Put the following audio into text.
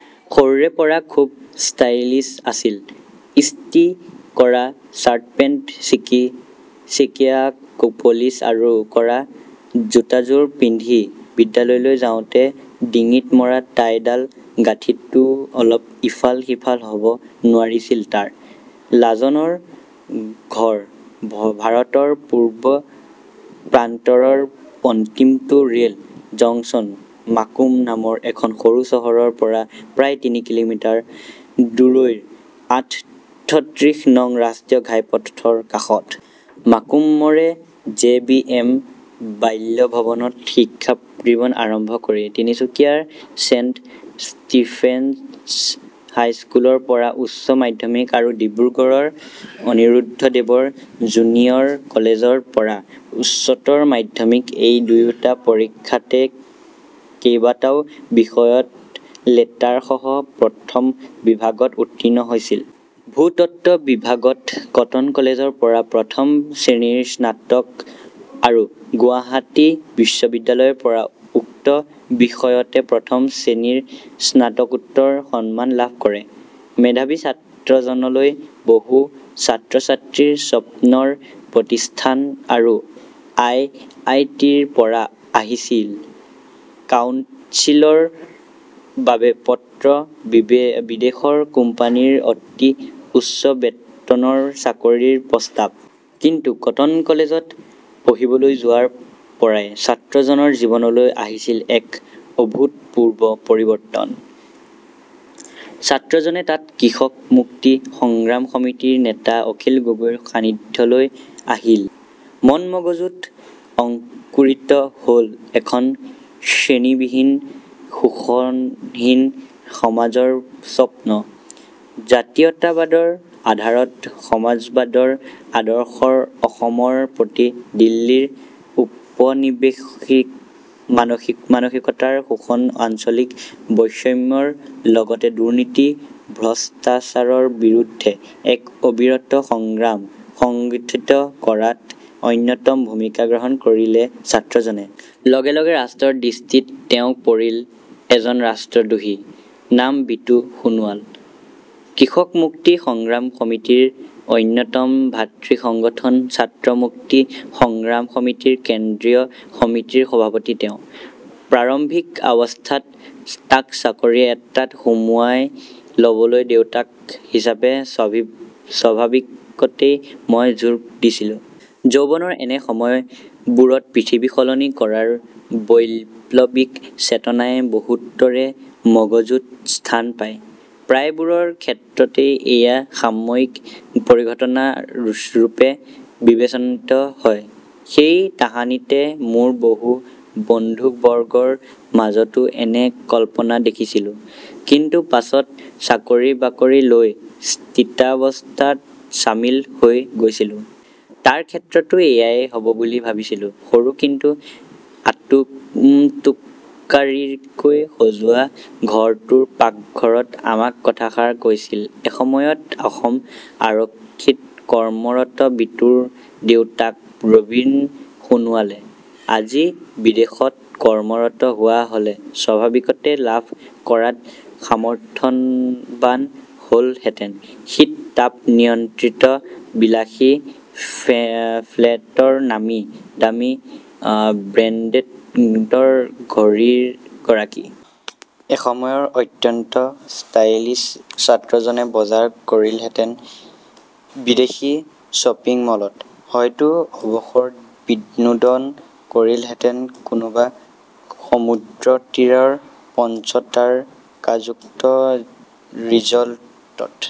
সৰুৰে পৰা খুব ষ্টাইলিচ্ আছিল। ইষ্ট্ৰি কৰা ছাৰ্টপেণ্ট চিকিচিকিয়া পলিচ কৰা জোতাযোৰ পিন্ধি বিদ্যালয়লৈ যাওঁতে ডিঙিত মৰা টাইডাল গাঁঠিটোও অলপ ইফাল সিফাল হ'ব নোৱাৰিছিল তাৰ। লাজনৰ ঘৰ ভাৰতৰ পূব প্ৰান্তৰৰ অন্তিমটো ৰেল জংচন মাকুম নামৰ এখন সৰু চহৰৰ পৰা প্ৰায় তিনি কিঃ মিঃ দূৰৈৰ আঠত্ৰিশ নং ৰাষ্ট্ৰীয় ঘাইপথৰ কাষত। মাকুমৰে জে বি এম বাল্যভৱনত শিক্ষা জীৱন আৰম্ভ কৰি তিনিচুকীয়াৰ চেণ্ট ষ্টিফেন্স হাইস্কুলৰ পৰা উচ্চ মাধ্যমিক আৰু ডিব্ৰুগড়ৰ অনিৰুদ্ধদেৱ জুনিয়ৰ কলেজৰ পৰা উচ্চতৰ মাধ্যমিক এই দুয়োটা পৰীক্ষাতে কেইবাটাও বিষয়ত লেটাৰসহ প্ৰথম বিভাগত উত্তীৰ্ণ হৈছিল। ভূতত্ব বিভাগত কটন কলেজৰ পৰা প্ৰথম শ্ৰেণীৰ স্নাতক আৰু গুৱাহাটী বিশ্ববিদ্যালয়ৰ পৰা উক্ত বিষয়তে প্ৰথম শ্ৰেণীৰ স্নাতকোত্তৰ সন্মান লাভ কৰে। মেধাৱী ছাত্ৰজনলৈ বহু ছাত্ৰ-ছাত্ৰীৰ স্বপ্নৰ প্ৰতিষ্ঠান আই আই টিৰ পৰা আহিছিল কাউঞ্চেলিঙৰ বাবে পত্ৰ, বিদেশৰ কোম্পানীৰ অতি উচ্চ বেতনৰ চাকৰিৰ প্ৰস্তাৱ। কিন্তু কটন কলেজত পঢ়িবলৈ যোৱাৰ পৰাই ছাত্ৰজনৰ জীৱনলৈ আহিছিল এক অভূতপূৰ্ব পৰিৱৰ্তন। ছাত্ৰজনে তাত কৃষক মুক্তি সংগ্ৰাম সমিতিৰ নেতা অখিল গগৈৰ সান্নিধ্যলৈ আহিল। মন‌ মগজুত অংকুৰিত হ'ল এখন শ্ৰেণীবিহীন শোষণহীন সমাজৰ স্বপ্ন। জাতীয়তাবাদৰ আধাৰত সমাজবাদৰ আদৰ্শৰ অসমৰ প্ৰতি দিল্লীৰ উপনিৱেশিক মানসি মানসিকতা শোষণ আঞ্চলিক বৈষম্যৰ লগতে দুৰ্নীতি ভ্ৰষ্টাচাৰৰ বিৰুদ্ধে এক অবিৰত সংগ্ৰাম সংগঠিত কৰাত অন্যতম ভূমিকা গ্ৰহণ কৰিলে ছাত্ৰজনে। লগে লগে ৰাষ্ট্ৰৰ দৃষ্টিত তেওঁ হৈ পৰিল এজন ৰাষ্ট্ৰদ্ৰোহী। নাম বিতু সোণোৱাল। কৃষক মুক্তি সংগ্ৰাম সমিতিৰ অন্যতম ভাতৃ সংগঠন ছাত্ৰ মুক্তি সংগ্ৰাম সমিতিৰ কেন্দ্ৰীয় সমিতিৰ সভাপতি তেওঁ।‌ প্ৰাৰম্ভিক অৱস্থাত তাক চাকৰি এটাত সোমাই ল'বলৈ দেউতাক হিচাপে স্বাভাৱিক স্বাভাৱিকতেই মই জোৰ দিছিলো। যৌৱনৰ এনে সময়বোৰত পৃথিৱী সলনি কৰাৰ বৈপ্লৱিক চেতনাই বহুতৰে মগজুত স্থান পায়। প্ৰায়বোৰৰ ক্ষেত্ৰতেই এয়া সাময়িক পৰিঘটনা ৰূপে বিবেচিত হয়। সেই তাহানিতে মোৰ বহু বন্ধু বৰ্গৰ মাজতো এনে কল্পনা দেখিছিলো।‌ কিন্তু পাছত চাকৰি বাকৰি লৈ স্থিতাৱস্থাত চামিল হৈ গৈছিল। তাৰ ক্ষেত্ৰতো এয়াই হ'ব বুলি ভাবিছিলো। সৰু কিন্তু আটোমটোকাৰিকৈ সজোৱা ঘৰটোৰ পাকঘৰত আমাক কথাষাৰ কৈছিল এসময়ত অসম আৰক্ষীত কৰ্মৰত বিতুৰ দেউতাক ৰবীন সোণোৱালে। আজি বিদেশত কৰ্মৰত হোৱা হ'লে স্বাভাৱিকতে লাভ কৰাত সামৰ্থৱান হলহেঁতেন শীত-তাপ নিয়ন্ত্ৰিত বিলাসী ফ্লেটৰ নমী দামী ব্ৰেণ্ডেৰ ব্ৰেন্ডেড ঘড়ীৰ গৰাকী। এসময়ৰ অত্যন্ত ষ্টাইলিচ্ ছাত্ৰজনে বজাৰ কৰিলেহেঁতেন বিদেশী শ্বপিং মলত। হয়তো অৱসৰবিনোদন কৰিলেহেঁতেন কোনোবা সমুদ্ৰতীৰৰ পঞ্চতাৰকাযুক্ত ৰিজৰ্টত।